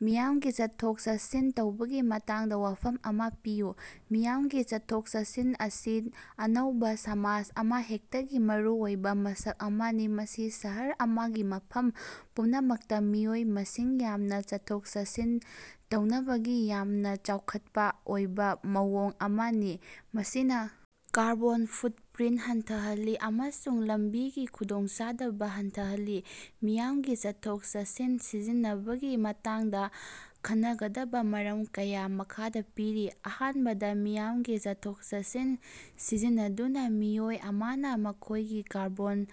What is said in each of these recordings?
ꯃꯤꯌꯥꯝꯒꯤ ꯆꯠꯊꯣꯛ ꯆꯠꯁꯤꯟ ꯇꯧꯕꯒꯤ ꯃꯇꯥꯡꯗ ꯋꯥꯐꯝ ꯑꯃ ꯄꯤꯌꯨ꯫ ꯃꯤꯌꯥꯝꯒꯤ ꯆꯠꯊꯣꯛ-ꯆꯠꯁꯤꯟ ꯑꯁꯤ ꯑꯅꯧꯕ ꯁꯃꯥꯖ ꯑꯃꯍꯦꯛꯇꯒꯤ ꯃꯔꯨꯑꯣꯏꯕ ꯃꯁꯛ ꯑꯃꯅꯤ꯫ ꯃꯁꯤ ꯁꯍꯔ ꯑꯃꯒꯤ ꯃꯐꯝ ꯄꯨꯝꯅꯃꯛꯇ ꯃꯤꯑꯣꯏ ꯃꯁꯤꯡ ꯌꯥꯝꯅ ꯆꯠꯊꯣꯛ-ꯆꯠꯁꯤꯟ ꯇꯧꯅꯕꯒꯤ ꯌꯥꯝꯅ ꯆꯥꯎꯈꯠꯄ ꯑꯣꯏꯕ ꯃꯑꯣꯡ ꯑꯃꯅꯤ ꯃꯁꯤꯅ ꯀꯥꯔꯕꯣꯟ ꯐꯨꯠꯄ꯭ꯔꯤꯟꯇ ꯍꯟꯊꯍꯜꯂꯤ ꯑꯃꯁꯨꯡ ꯂꯝꯕꯤꯒꯤ ꯈꯨꯗꯣꯡꯆꯥꯗꯕ ꯍꯟꯊꯍꯜꯂꯤ꯫ ꯃꯤꯌꯥꯝꯒꯤ ꯆꯠꯊꯣꯛ-ꯆꯠꯁꯤꯟ ꯁꯤꯖꯤꯟꯅꯕꯒꯤ ꯃꯇꯥꯡꯗ ꯈꯟꯅꯒꯗꯕ ꯃꯔꯝ ꯀꯌꯥ ꯃꯈꯥꯗ ꯄꯤꯔꯤ꯫ ꯑꯍꯥꯟꯕꯗ ꯃꯤꯌꯥꯝꯒꯤ ꯆꯠꯊꯣꯛ-ꯆꯠꯁꯤꯟ ꯁꯤꯖꯤꯟꯅꯗꯨꯅ ꯃꯤꯑꯣꯏ ꯑꯃꯅ ꯃꯈꯣꯢꯒꯤ ꯀꯥꯔꯕꯣꯟ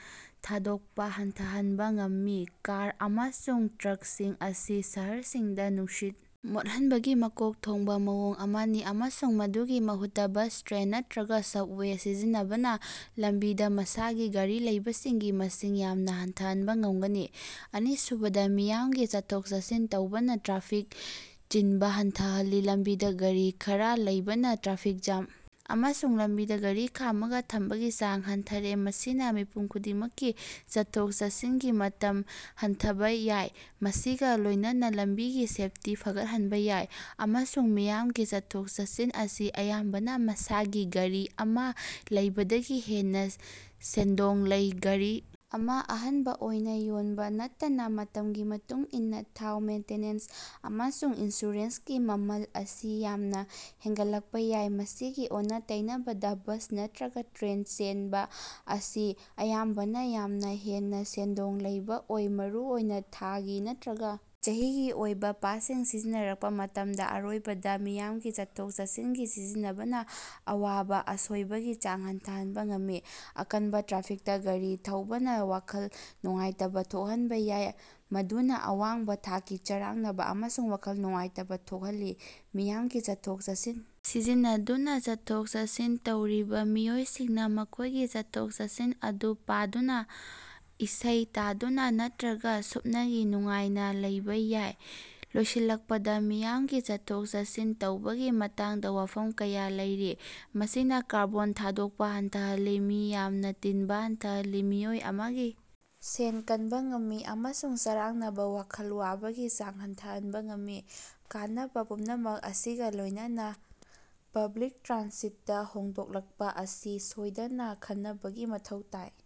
ꯊꯥꯗꯣꯛꯄ ꯍꯟꯊꯍꯟꯕ ꯉꯝꯃꯤ꯫ ꯀꯥꯔ ꯑꯃꯁꯨꯡ ꯇ꯭ꯔꯛꯁꯤꯡ ꯑꯁꯤ ꯁꯍꯔꯁꯤꯡꯗ ꯅꯨꯡꯁꯤꯠ ꯃꯣꯠꯍꯟꯕꯒꯤ ꯃꯀꯣꯛ ꯊꯣꯡꯕ ꯃꯑꯣꯡ ꯑꯃꯅꯤ ꯑꯃꯁꯨꯡ ꯃꯗꯨꯒꯤ ꯃꯍꯨꯠꯇꯥ ꯕꯁ, ꯇ꯭ꯔꯦꯟ ꯅꯠꯇ꯭ꯔꯒ ꯁꯕꯋꯦ ꯁꯤꯖꯤꯟꯅꯕꯅ ꯂꯝꯕꯤꯗ ꯃꯁꯥꯒꯤ ꯒꯥꯔꯤꯂꯩꯕꯁꯤꯡꯒꯤ ꯃꯁꯤꯡ ꯌꯥꯝꯅ ꯍꯟꯊꯍꯟꯕ ꯉꯝꯒꯅꯤ꯫ ꯑꯅꯤꯁꯨꯕꯗ ꯃꯤꯌꯥꯝꯒꯤ ꯆꯠꯊꯣꯛ-ꯆꯠꯁꯤꯟ ꯇꯧꯕꯅꯥ ꯇ꯭ꯔꯥꯐꯤꯛꯇ ꯆꯤꯟꯕ ꯍꯟꯊꯍꯜꯂꯤ꯫ ꯂꯝꯕꯤꯗꯥ ꯒꯥꯔꯤ ꯈꯔ ꯂꯩꯕꯅ ꯇ꯭ꯔꯥꯐꯤꯛ ꯖꯥꯝ ꯑꯃꯁꯨꯡ ꯂꯝꯕꯤꯗ ꯒꯔꯤ ꯈꯥꯝꯃꯒ ꯊꯝꯕꯒꯤ ꯆꯥꯡ ꯍꯟꯊꯔꯦ꯫ ꯃꯁꯤꯅꯥ ꯃꯤꯄꯨꯝ ꯈꯨꯗꯤꯡꯃꯛꯀꯤ ꯆꯠꯊꯣꯛ-ꯆꯠꯁꯤꯟꯒꯤ ꯃꯇꯝ ꯍꯟꯊꯍꯟꯕꯥ ꯌꯥꯏ ꯃꯁꯤꯒꯥ ꯂꯣꯢꯅꯅꯥ ꯂꯝꯕꯤꯒꯤ ꯁꯦꯐꯇꯤ ꯐꯒꯠꯍꯟꯕ ꯌꯥꯏ꯫ ꯑꯍꯨꯝꯁꯨꯕ ꯃꯤꯌꯥꯝꯒꯤ ꯆꯠꯊꯣꯛ-ꯆꯠꯁꯤꯟ ꯑꯁꯤ ꯑꯌꯥꯝꯕꯅ ꯃꯁꯥꯒꯤ ꯒꯔꯤ ꯑꯃ ꯂꯩꯕꯗꯒꯤ ꯍꯦꯟꯅ ꯁꯦꯟꯗꯣꯡ ꯂꯩ꯫ ꯒꯥꯔꯤ ꯑꯃ ꯑꯍꯟꯕ ꯑꯣꯏꯅꯥ ꯌꯣꯟꯕ ꯅꯠꯇꯅ ꯃꯇꯝꯒꯤ ꯃꯇꯨꯡ ꯏꯟꯅꯥ ꯊꯥꯎ ꯃꯦꯟꯇꯦꯅꯦꯟꯁ ꯑꯃꯁꯨꯡ ꯏꯟꯁꯨꯔꯦꯟꯁꯀꯤ ꯃꯃꯜ ꯑꯁꯤ ꯌꯥꯝꯅꯥ ꯍꯦꯟꯒꯠꯂꯛꯄ ꯌꯥꯏ꯫ ꯃꯁꯤꯒꯤ ꯑꯣꯟꯅ-ꯇꯩꯅꯕꯗ ꯕꯁ ꯅꯠꯇ꯭ꯔꯒ ꯇ꯭ꯔꯦꯟ ꯆꯦꯟꯕ ꯑꯁꯤ ꯑꯌꯥꯝꯕꯅ ꯌꯥꯝꯅ ꯍꯦꯟꯅ ꯁꯦꯟꯗꯣꯡ ꯂꯩꯕꯥ ꯑꯣꯏ ꯃꯔꯨꯑꯣꯏꯅ ꯊꯥꯒꯤ ꯅꯠꯇ꯭ꯔꯒ ꯆꯍꯤꯒꯤ ꯑꯣꯏꯕꯥ ꯄꯥꯁꯁꯤꯡ ꯁꯤꯖꯤꯟꯅꯔꯛꯄ ꯃꯇꯝꯗ꯫ ꯑꯔꯣꯏꯕꯗ ꯃꯤꯌꯥꯝꯒꯤ ꯆꯠꯊꯣꯛ ꯆꯠꯁꯤꯟꯒꯤ ꯁꯤꯖꯤꯟꯅꯕꯅ ꯑꯋꯥꯕ ꯑꯁꯣꯏꯕꯒꯤ ꯆꯥꯡ ꯍꯟꯊꯍꯟꯕ ꯉꯝꯃꯤ꯫ ꯑꯀꯟꯕ ꯇ꯭ꯔꯥꯐꯤꯛꯇꯥ ꯒꯥꯔꯤ ꯊꯧꯕꯅ ꯋꯥꯈꯜ ꯅꯨꯡꯉꯥꯏꯇꯕ ꯊꯣꯛꯍꯟꯕ ꯌꯥꯏ ꯃꯗꯨꯅ ꯑꯋꯥꯡꯕ ꯊꯥꯛꯀꯤ ꯆꯔꯥꯡꯅꯕ ꯑꯃꯁꯨꯡ ꯋꯥꯈꯜ ꯅꯨꯡꯉꯥꯏꯇꯕ ꯊꯣꯛꯍꯜꯂꯤ꯫ ꯃꯤꯌꯥꯝꯒꯤ ꯆꯠꯊꯣꯛ-ꯆꯠꯁꯤꯟ ꯁꯤꯖꯤꯟꯅꯗꯨꯅ ꯆꯠꯊꯣꯛ-ꯆꯠꯁꯤꯟ ꯇꯧꯔꯤꯕ ꯃꯤꯑꯣꯏꯁꯤꯡꯅ ꯃꯈꯣꯢꯒꯤ ꯆꯠꯊꯣꯛ-ꯆꯠꯁꯤꯟ ꯑꯗꯨ ꯄꯥꯗꯨꯅ ꯏꯁꯩ ꯇꯥꯗꯨꯅ ꯅꯠꯇ꯭ꯔꯒ ꯁꯨꯞꯅꯒꯤ ꯅꯨꯡꯉꯥꯏꯅꯥ ꯂꯩꯕꯥ ꯌꯥꯏ꯫ ꯂꯣꯏꯁꯤꯜꯂꯛꯄꯗꯥ ꯃꯤꯌꯥꯝꯒꯤ ꯆꯠꯊꯣꯛ-ꯆꯠꯁꯤꯟ ꯇꯧꯕꯒꯤ ꯃꯇꯥꯡꯗꯥ ꯋꯥꯐꯝ ꯀꯌꯥ ꯂꯩꯔꯤ꯫ ꯃꯁꯤꯅꯥ ꯀꯥꯔꯕꯣꯟ ꯊꯥꯗꯣꯛꯄꯥ ꯍꯟꯊꯍꯜꯂꯤ ꯃꯤ ꯌꯥꯝꯅ ꯇꯤꯟꯕꯥ ꯍꯟꯊꯍꯜꯂꯤ ꯃꯤꯑꯣꯏ ꯑꯃꯒꯤ ꯁꯦꯟ ꯀꯟꯕꯥ ꯉꯝꯃꯤ ꯑꯃꯁꯨꯡ ꯆꯔꯥꯡꯅꯕ ꯋꯥꯈꯜ ꯋꯥꯕꯒꯤ ꯆꯥꯡ ꯍꯟꯊꯍꯟꯕꯥ ꯉꯝꯃꯤ꯫ ꯀꯥꯟꯅꯕ ꯄꯨꯝꯅꯃꯛ ꯑꯁꯤꯒꯥ ꯂꯣꯢꯅꯅꯥ ꯄꯕ꯭ꯂꯤꯛ ꯇ꯭ꯔꯥꯟꯁꯤꯠꯇꯥ ꯍꯣꯡꯗꯣꯛꯂꯛꯄꯥ ꯑꯁꯤ ꯁꯣꯏꯗꯅ ꯈꯟꯅꯕꯒꯤ ꯃꯊꯧ ꯇꯥꯏ꯫